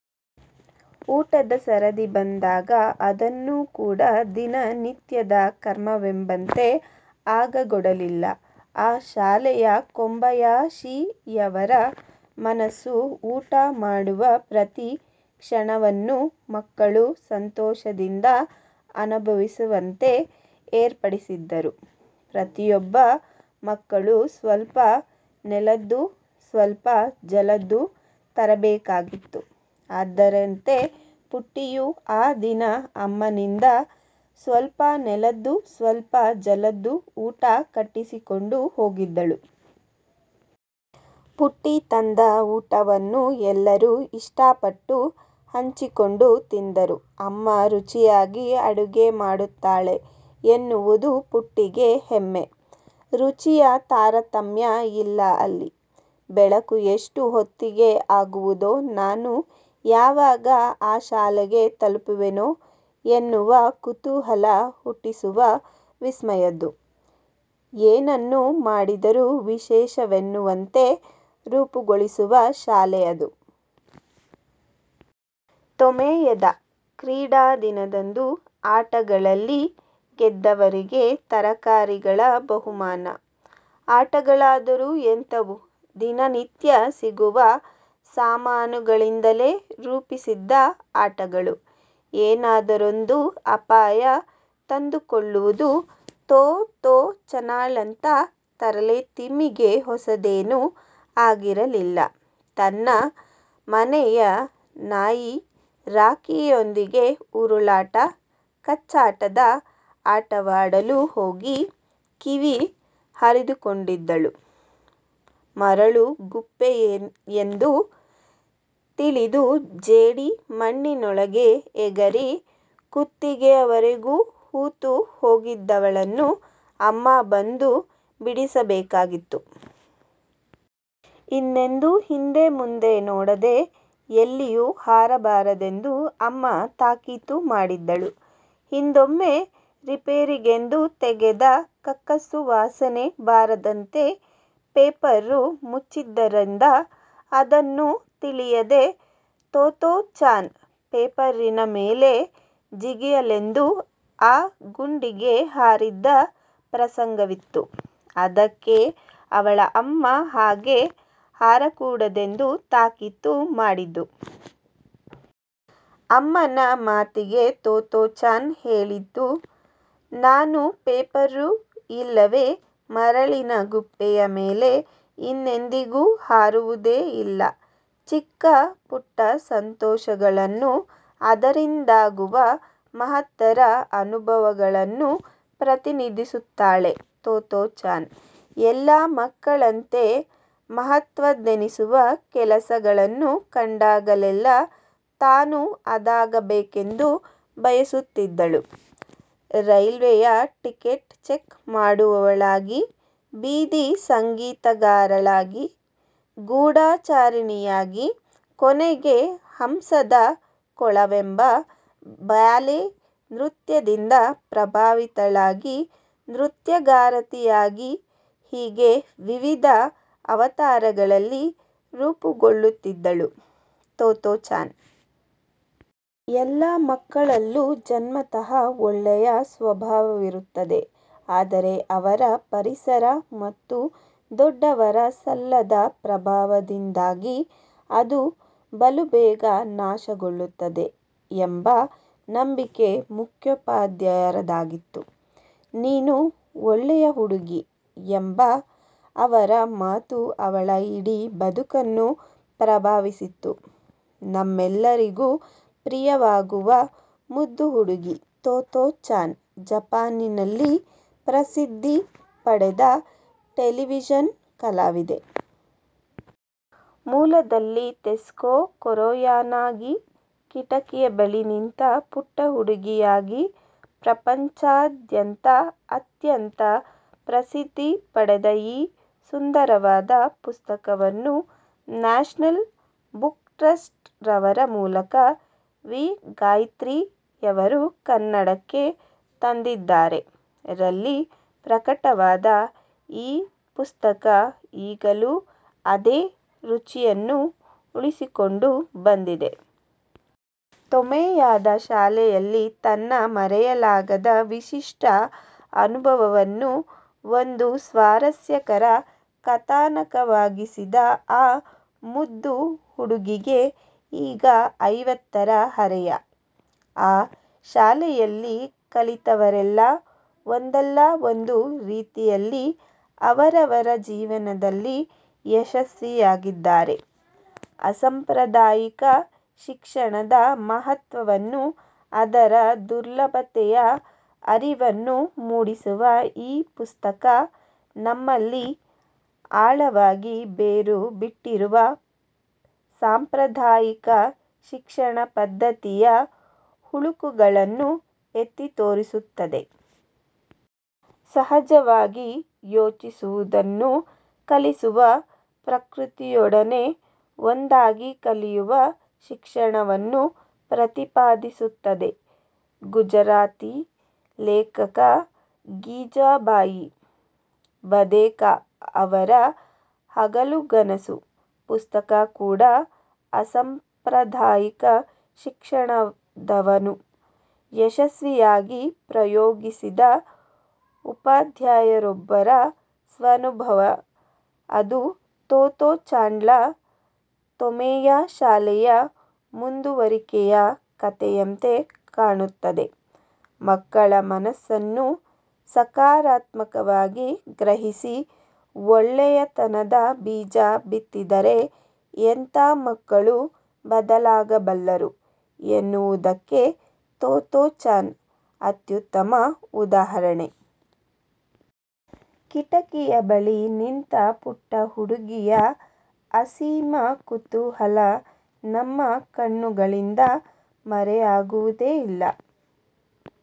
ಊಟದ ಸರದಿ ಬಂದಾಗ ಅದನ್ನು ಕೂಡ ದಿನ ನಿತ್ಯದ ಕರ್ಮವೆಂಬಂತೆ ಆಗಗೊಡಲಿಲ್ಲ ಆ ಶಾಲೆಯ ಕೊಬಯಾಶಿಯವರ ಮನಸ್ಸು. ಊಟ ಮಾಡುವ ಪ್ರತಿ ಕ್ಷಣವನ್ನು ಮಕ್ಕಳು ಸಂತೋಷದಿಂದ ಅನುಭವಿಸುವಂತೆ ಏರ್ಪಡಿಸಿದ್ದರು. ಪ್ರತಿಯೊಬ್ಬ ಮಕ್ಕಳು "ಸ್ವಲ್ಪ ನೆಲದ್ದು, ಸ್ವಲ್ಪ ಜಲದ್ದು" ತರಬೇಕಾಗಿತ್ತು. ಅದರಂತೆ ಪುಟ್ಟಿಯೂ ಆ ದಿನ ಅಮ್ಮನಿಂದ 'ಸ್ವಲ್ಪ ನೆಲದ್ದು, ಸ್ವಲ್ಪ ಜಲದ್ದು' ಊಟ ಕಟ್ಟಿಸಿಕೊಂಡು ಹೋಗಿದ್ದಳು. ಪುಟ್ಟಿ ತಂದ ಊಟವನ್ನು ಎಲ್ಲರು ಇಷ್ಟಪಟ್ಟು ಹಂಚಿಕೊಂಡು ತಿಂದರು. ಅಮ್ಮ ರುಚಿಯಾಗಿ ಅಡುಗೆ ಮಾಡುತ್ತಾಳೆ ಎನ್ನುವುದು ಪುಟ್ಟಿಗೆ ಹೆಮ್ಮೆ. ರುಚಿಯ ತಾರತಮ್ಯ ಇಲ್ಲ ಅಲ್ಲಿ. ಬೆಳಕು ಎಷ್ಟು ಹೊತ್ತಿಗೆ ಆಗುವುದೋ ನಾನು ಯಾವಾಗ ಆ ಶಾಲೆಗೆ ತಲುಪುವೆನೋ ಎನ್ನುವ ಕುತೂಹಲ ಹುಟ್ಟಿಸುವ 'ವಿಸ್ಮಯ'ದ್ದು. ಏನನ್ನು ಮಾಡಿದರು ವಿಶೇಷವೆನ್ನುವಂತೆ ರೂಪುಗೊಳಿಸುವ ಶಾಲೆ ಅದು. ತೊಮೆಯೆದ ಕ್ರೀಡಾದಿನದಂದು ಅಟಗಳಲ್ಲಿ ಗೆದ್ದವರಿಗೆ ತರಕಾರಿಗಳ ಬಹುಮಾನ. ಆಟಗಳಾದರು ಎಂಥವು ದಿನನಿತ್ಯ ಸಿಗುವ ಸಾಮಾನುಗಳಿಂದಲೇ ರೂಪಿಸಿದ್ದ ಆಟಗಳು. ಏನಾದರೊಂದು ಅಪಾಯ ತಂದುಕೊಳ್ಳುವುದು ತೊತ್ತೋ-ಚಾನಳಂಥ ತರಲೆ ತಿಮ್ಮಿಗೆ ಹೊಸದೇನು ಆಗಿರಲಿಲ್ಲ. ತನ್ನ ಮನೆಯ ನಾಯಿ ರಾಕಿಯೊಂದಿಗೆ ಉರುಳಾಟ ಕಚ್ಚಾಟದ ಆಟವಾಡಲು ಹೋಗಿ ಕಿವಿ ಹರಿದುಕೊಂಡಿದ್ದಳು. ಮರಳು ಗುಪ್ಪೆಯೆಂದು ತಿಳಿದು ಜೇಡಿ ಮಣ್ಣಿನೊಳಗೆ ಎಗರಿ ಕುತ್ತಿಗೆಯವರೆಗು ಹೂತು ಹೋಗಿದ್ದವಳನ್ನು ಅಮ್ಮ ಬಂದು ಬಿಡಿಸಬೇಕಾಗಿತ್ತು. ಇನ್ನೆಂದೂ ಹಿಂದೆ ಮುಂದೆ ನೋಡದೆ ಎಲ್ಲಿಯೂ ಹಾರಕೂಡದೆಂದು ಅಮ್ಮ ತಾಕೀತು ಮಾಡಿದಳು. ಹಿಂದೊಮ್ಮೆ ರಿಪೇರಿಗೆಂದು ತೆಗೆದ ಕಕ್ಕಸ್ಸು ವಾಸನೆ ಬಾರದಂತೆ ಪೇಪರು ಮುಚ್ಚಿದ್ದರಿಂದ ಅದನ್ನು ತಿಳಿಯದೆ ತೊತ್ತೋ-ಚಾನ್ ಪೇಪರಿನ ಮೇಲೆ ಜಿಗಿಯಲೆಂದು ಆ ಗುಂಡಿಗೆ ಹಾರಿದ್ದ ಪ್ರಸಂಗವಿತ್ತು. ಅದಕ್ಕೇ ಅವಳ ಅಮ್ಮ ಹಾಗೆ ಹಾರಕೂಡದೆಂದು ತಾಕೀತು ಮಾಡಿದ್ದು. ಅಮ್ಮನ ಮಾತಿಗೆ ತೊತ್ತೋ-ಚಾನ್ ಹೇಳಿದ್ದು: ನಾನು ಪೇಪರು ಇಲ್ಲವೇ ಮರಳಿನ ಗುಪ್ಪೆಯ ಮೇಲೆ ಇನ್ನೆಂದಿಗೂ ಹಾರುವುದೇ ಇಲ್ಲ. ಚಿಕ್ಕ ಪುಟ್ಟ ಸಂತೋಷಗಳನ್ನು, ಅದರಿಂದಾಗುವ ಮಹತ್ತರ ಅನುಭವಗಳನ್ನು ಪ್ರತಿನಿಧಿಸುತ್ತಾಳೆ ತೊತ್ತೋ-ಚಾನ್ ಎಲ್ಲ ಮಕ್ಕಳಂತೆ ಮಹತ್ವದೆನ್ನಿಸುವ ಕೆಲಸ ಗಳನ್ನು ಕಂಡಾಗಲೆಲ್ಲ ತಾನು ಅದಾಗಬೇಕೆಂದು ಬಯಸುತ್ತಿದ್ದಳು. ರೇಲ್ವೆಯಲ್ಲಿ ಟಿಕೆಟ್ ಚೆಕ್ ಮಾಡುವವಳಾಗಿ, ಬೀದಿ ಸಂಗೀತಗಾರಳಾಗಿ, ಗೂಢಾಚಾರಿಣಿಯಾಗಿ, ಕೊನೆಗೆ 'ಹಂಸದ ಕೊಳ'ವೆಂಬ ಬ್ಯಾಲೆ ನೃತ್ಯದಿಂದ ಪ್ರಭಾವಿತಳಾಗಿ ನೃತ್ಯಗಾತಿಯಾಗಿ-ಹೀಗೆ ವಿವಿಧ ಅವತಾರಗಳಲ್ಲಿ ರೂಪುಗೊಳ್ಳುತ್ತಿದ್ದಳು ತೊತ್ತೋ-ಚಾನ್. ಎಲ್ಲ ಮಕ್ಕಳಲ್ಲೂ ಜನ್ಮತಃ ಒಳ್ಳೆಯ ಸ್ವಭಾವವಿರುತ್ತದೆ. ಆದರೆ ಅವರ ಪರಿಸರ ಮತ್ತು ದೊಡ್ಡವರ ಸಲ್ಲದ ಪ್ರಭಾವದಿಂದಾಗಿ ಅದು ಬಲುಬೇಗ ನಾಶಗೊಳ್ಳುತ್ತದೆ ಎಂಬ ನಂಬಿಕೆ ಮುಖ್ಯೋಪಾಧ್ಯಾಯರ ದಾಗಿತ್ತು. "ನೀನು ಒಳ್ಳೆಯ ಹುಡುಗಿ" ಎಂಬ ಅವರ ಮಾತು ಅವಳ ಇಡೀ ಬದುಕನ್ನು ಪ್ರಭಾವಿಸಿತ್ತು. ನಮ್ಮೆಲ್ಲರಿಗು ಪ್ರಿಯವಾಗುವ ಮುದ್ದು ಹುಡುಗಿ ತೊತ್ತೋ-ಚಾನ್ ಜಪಾನಿನಲ್ಲಿ ಪ್ರಸಿದ್ದಿ ಪಡೆದ ಟೆಲಿವಿಷನ್ ಕಲಾವಿದೆ. ಮೂಲದಲ್ಲಿ "ತೆತ್ಸುಕೊ ಕೊರೊಯಾನಾಗಿ"- 'ಕಿಟಕಿಯ ಬಳಿ ನಿಂತ ಪುಟ್ಟ ಹುಡುಗಿ' ಯಾಗಿ ಪ್ರಪಂಚಾದ್ಯಂತ ಅತ್ಯಂತ ಪ್ರಸಿದ್ದಿ ಪಡೆದ ಈ ಸುಂದರವಾದ ಪುಸ್ತಕವನ್ನು ನ್ಯಾಷನಲ್ ಬುಕ್ಟ್ರಸ್ಟ್ನವರ ಮೂಲಕ ವಿ. ಗಾಯತ್ರಿ ಯವರು ಕನ್ನಡಕ್ಕೆ ತಂದಿದ್ದಾರೆ. ರಲ್ಲಿ ಪ್ರಕಟವಾದ ಈ ಪುಸ್ತಕ ಈಗಲೂ ಅದೇ ರುಚಿಯನ್ನು ಉಳಿಸಿಕೊಂಡು ಬಂದಿದೆ. ತೊಮೆಯೆದ ಶಾಲೆಯಲ್ಲಿ ತನ್ನ ಮರೆಯಲಾರದ ವಿಶಿಷ್ಟ ಅನುಭವವನ್ನು ಒಂದು ಸ್ವಾರಸ್ಯಕರ ಕಥಾನಕವಾಗಿಸಿದ ಆ ಮುದ್ದು ಹುಡುಗಿಗೆ ಈಗ ಐವತ್ತರ ಹರೆಯ. ಆ ಶಾಲೆಯಲ್ಲಿ ಕಲಿತವರೆಲ್ಲ ಒಂದಲ್ಲ ಒಂದು ರೀತಿಯಲ್ಲಿ ಅವವರವರ ಜೀವನದಲ್ಲಿ ಯಶಸ್ವಿಯಾಗಿದ್ದಾರೆ. ಅಸಂಪ್ರದಾಯಿಕ ಶಿಕ್ಷಣದ ಮಹತ್ವವನ್ನು ಅದರ ದುರ್ಲಭತೆಯ ಅರಿವನ್ನು ಮೂಡಿಸುವ ಈ ಪುಸ್ತಕ, ನಮ್ಮಲ್ಲಿ ಆಳವಾಗಿ ಬೇರು ಬಿಟ್ಟಿರುವ ಸಾಂಪ್ರದಾಯಿಕ ಶಿಕ್ಷಣ ಪದ್ದತಿಯ ಹುಳುಕುಗಳನ್ನು ಎತ್ತಿತೋರಿಸುತ್ತದೆ. ಸಹಜವಾಗಿ ಯೋಚಿಸುವುದನ್ನು ಕಲಿಸುವ, ಪ್ರಕೃತಿಯೊಡನೆ ಒಂದಾಗಿ ಕಲಿಯುವ ಶಿಕ್ಷಣವನ್ನು ಪ್ರತಿಪಾದಿಸುತ್ತದೆ. ಗುಜರಾತಿ ಲೇಖಕ ಗೀಜೂಬಾಯಿ ಬಧೇಕ ಅವರ 'ಹಗಲುಗನಸು' ಪುಸ್ತಕ ಕೂಡ ಅಸಂಪ್ರದಾಯಿಕ ಶಿಕ್ಷಣದವನ್ನು ಯಶಸ್ವಿಯಾಗಿ ಪ್ರಯೋಗಿಸಿದ ಉಪಾಧ್ಯಾಯರೊಬ್ಬರ ಸ್ವಾನುಭವ. ಅದು ತೊತ್ತೋ-ಚಾನ್ಳ ತೊಮೆಯೆ ಶಾಲೆಯ ಮುಂದುವರಿಕೆಯ ಕಥೆಯಂತೆ ಕಾಣುತ್ತದೆ. ಮಕ್ಕಳ ಮನಸ್ಸನ್ನು ಸಕಾರಾತ್ಮಕವಾಗಿ ಗ್ರಹಿಸಿ ಒಳ್ಳೆಯತನದ ಬೀಜ ಬಿತ್ತಿದರೆ ಎಂಥ ಮಕ್ಕಳು ಬದಲಾಗಬಲ್ಲರು ಎನ್ನುವುದಕ್ಕೆ ತೊತ್ತೋ-ಚಾನ್ ಅತ್ಯುತ್ತಮ ಉದಾಹರಣೆ. 'ಕಿಟಕಿಯ ಬಳಿ ನಿಂತ ಪುಟ್ಟ ಹುಡುಗಿಯ' ಅಸೀಮ ಕುತೂಹಲ ನಮ್ಮ ಕಣ್ಣುಗಳಿಂದ ಮರೆಯಾಗುವುದೇ ಇಲ್ಲ.